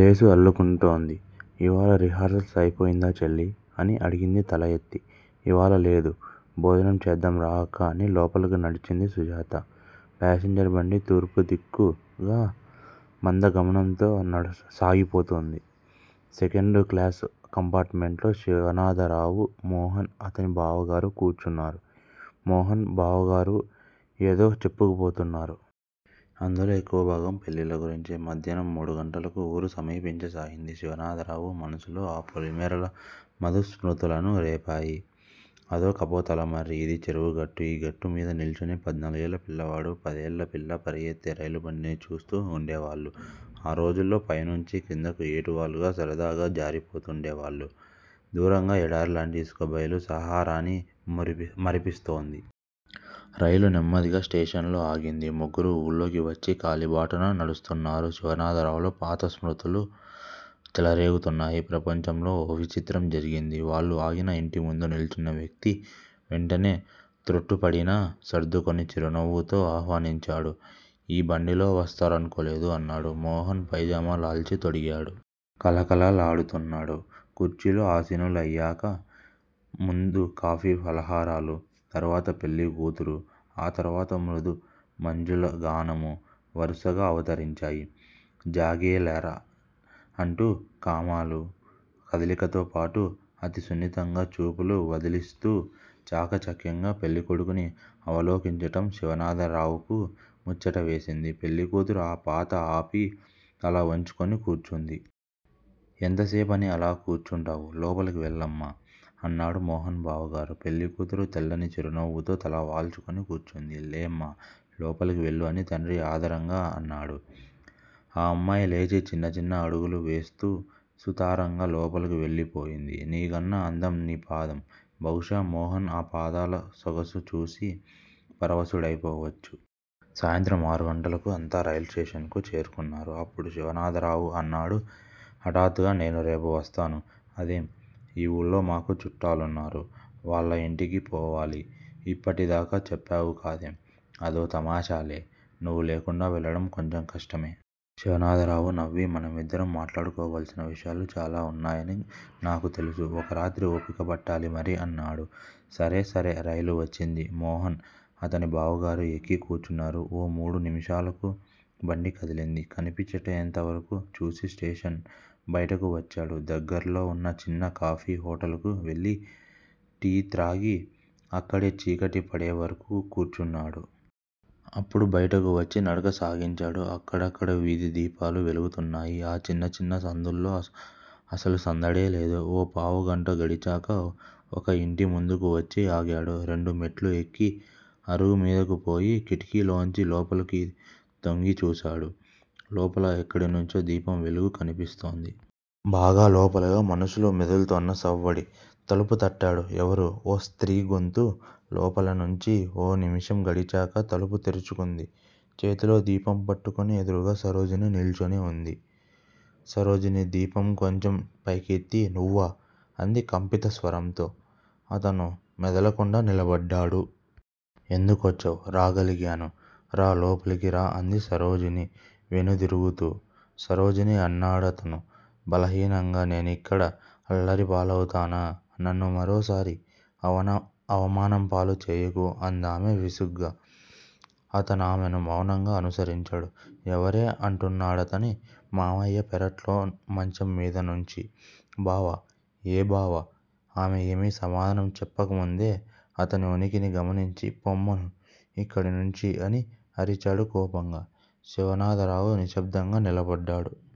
Lace అల్లుకుంటోంది. ఇవాళ rehearsals అయిపోయిందా చెల్లీ? అని అడిగింది తల ఎత్తి. ఇవాళ లేదు, భోజనం చేద్దాం రా అక్కా అని లోపలకు నడిచింది సుజాత. ప్యాసింజర్ బండి తూర్పుదిక్కుగా మందగమనంతో సాగిపోతోంది. సెకండుక్లాసు కంపార్టుమెంటులో శివనాథరావు, మోహన్, అతని బావగారూ కూర్చున్నారు. మోహన్, బావగారు ఏదో చెప్పుకుపోతున్నారు. అందులో ఎక్కువభాగం పెళ్ళిళ్ళగురించే. మధ్యాహ్నం మూడుగంటలకు ఊరు సమీపించసాగింది. శివనాథరావు మనసులో ఆ పొలిమేరలు మధురస్మృతులను రేపాయి. అదో కపోతాల మర్రి ఇది చెరువుగట్టు ఈ గట్టుమీద నిల్చునే పధ్నాలుగేళ్ళ పిల్లవాడూ, పదేళ్ళపిల్లా పరిగెత్తే రైలుబండిని చూస్తూ వుండేవాళ్ళు ఆ రోజుల్లో పైనుంచి క్రిందకు ఏటవాలుగా, సరదాగా జారిపోతూండేవాళ్ళు దూరంగా ఎడారిలాంటి ఇసుక బయలు సహారాని మురి మరిపిస్తోంది. రైలు నెమ్మదిగా స్టేషనులో ఆగింది. ముగ్గురూ ఊళ్ళోకివచ్చి కాలిబాటన నడుస్తున్నారు. శివనాథరావులో పాత స్మృతులు చెలరేగుతున్నాయి. ప్రపంచంలో ఓ విచిత్రం జరిగింది వాళ్ళు ఆగిన ఇంటిముందు నిల్చున్న వ్యక్తి వెంటనే తొట్రుపడినా, సర్దుకుని చిరునవ్వుతో ఆహ్వానించాడు. 'ఈ బండిలో వస్తారనుకోలేదు' అన్నాడు. మోహన్ పైజామా లాల్చి తొడిగాడు. కళకళలాడుతున్నాడు. కుర్చీలలో ఆసీనులయాక, ముందు కాఫీ ఫలహారాలూ, తరువాత పెళ్ళి కూతురూ, ఆ తరువాత మృదు మంజులగానమూ వరుసగా అవతరించాయి. 'జాగేలరా' అంటూ కామాలూ, కదలికతోపాటూ అతి సున్నితంగా చూపులూ వదిలిస్తూ-చాకచక్యంగా పెళ్ళికొడుకుని అవలోకించటం శివనాథ రావుకు ముచ్చటవేసింది. పెళ్ళికూతురు ఆ పాత ఆపి తలవంచుకుని కూర్చుంది. 'ఎంతసేపని అలా కూర్చుంటావు? లోపలకు వెళ్ళమ్మా' అన్నాడు మోహన్ బావగారు. పెళ్ళికూతురు తెల్లని చిరునవ్వుతో తల వాల్చుకుని కూర్చుంది. లేమ్మా, లోపలకు వెళ్ళు అని తండ్రి ఆదరంగా అన్నాడు. ఆ అమ్మాయి లేచి చిన్నచిన్న అడుగులు వేస్తూ సుతారంగా లోపలకు వెళ్ళిపోయింది. 'నీకన్నా అందం నీ పాదం' బహుశా మోహన్ ఆ పాదాలసొగసు చూసి పరవశుడైపోవచ్చు. సాయంత్రం ఆరుగంటలకు అంతా రైలు స్టేషన్ కు చేరుకున్నారు. అప్పుడు శివనాథరావు అన్నాడు హఠాత్తుగా 'నేను రేపు వస్తాను. ' అదేం? ఈ ఊళ్ళో మాకు చుట్టాలున్నారు. వాళ్ళ యింటికి పోవాలి. ఇప్పటిదాకా చెప్పావు కాదేం? అదో తమాషాలే. నువ్వు లేకుండా వెళ్ళడం కొంచెం కష్టమే. శివనాథరావు నవ్వి మనమిద్దరం మాట్లాడుకోవలసిన విషయాలు చాలా వున్నాయని నాకుతెలుసు. ఒకరాత్రి ఓపిక పట్టాలి మరి అన్నాడు. సరే, సరే. రైలు వచ్చింది. మోహన్, అతని బావగారు ఎక్కి కూర్చున్నారు. ఓ మూడు నిముషాలకు బండి కదిలింది. కనిపించేటంతవరకూ చూసి స్టేషన్ బయటకు వచ్చాడు. దగ్గరలో వున్న చిన్న కాఫీ హోటలుకు వెళ్ళి టీత్రాగి, అక్కడే చీకటి పడేవరకూ కూర్చున్నాడు. అప్పుడు బయటకు వచ్చి నడక సాగించాడు. అక్కడక్కడా వీధిదీపాలు వెలుగుతున్నాయి. ఆ చిన్నిచిన్ని సందుల్లో అసలు సందడే లేదు. ఓ పావుగంట గడిచాక ఒక యింటిముందుకు వచ్చి ఆగాడు. రెండు మెట్లుఎక్కి అరుగుమీదకు పోయి కిటికీలోంచి లోపలకు తొంగి చూశాడు. లోపల ఎక్కడినుంచో దీపం వెలుగు కనిపిస్తోంది. బాగా లోపలగా మనుషులు మెదుల్తోన్న సవ్వడి తలుపు తట్టాడు. ఎవరూ? ఓ స్త్రీ గొంతు లోపలినుంచి ఓ నిముషం గడిచాక తలుపు తెరుచుకుంది చేతిలో దీపం పట్టుకుని ఎదురుగా సరోజిని నిలుచుని వుంది. సరోజిని దీపం కొంచెం పైకెత్తి నువ్వా? అంది కంపితస్వరంతో. అతను మెదలకుండా నిలబడ్డాడు. ఎందుకొచ్చావ్? రాగలిగాను. రా, లోపలికి రా అంది సరోజిని వెనుదిరుగుతూ. సరోజినీ అన్నాడతను బలహీనంగా నేనిక్కడ అల్లరిపాలవుతానా? నన్ను మరోసారి అవమానంపాలు చేయకు అందామె విసుగ్గా. అతనామెను మౌనంగా అనుసరించాడు. ఎవరే? అంటున్నాడతని మామయ్య పెరట్లో మంచం మీదనుంచి. బావ! ఏ బావ? ఆమె ఏమీ సమాధానం చెప్పకముందే, అతని ఉనికిని గమనించి పొమ్మను ఇక్కడినుంచి అని అరిచాడు కోపంగా. శివనాథరావు నిశ్శబ్దంగా నిలబడ్డాడు.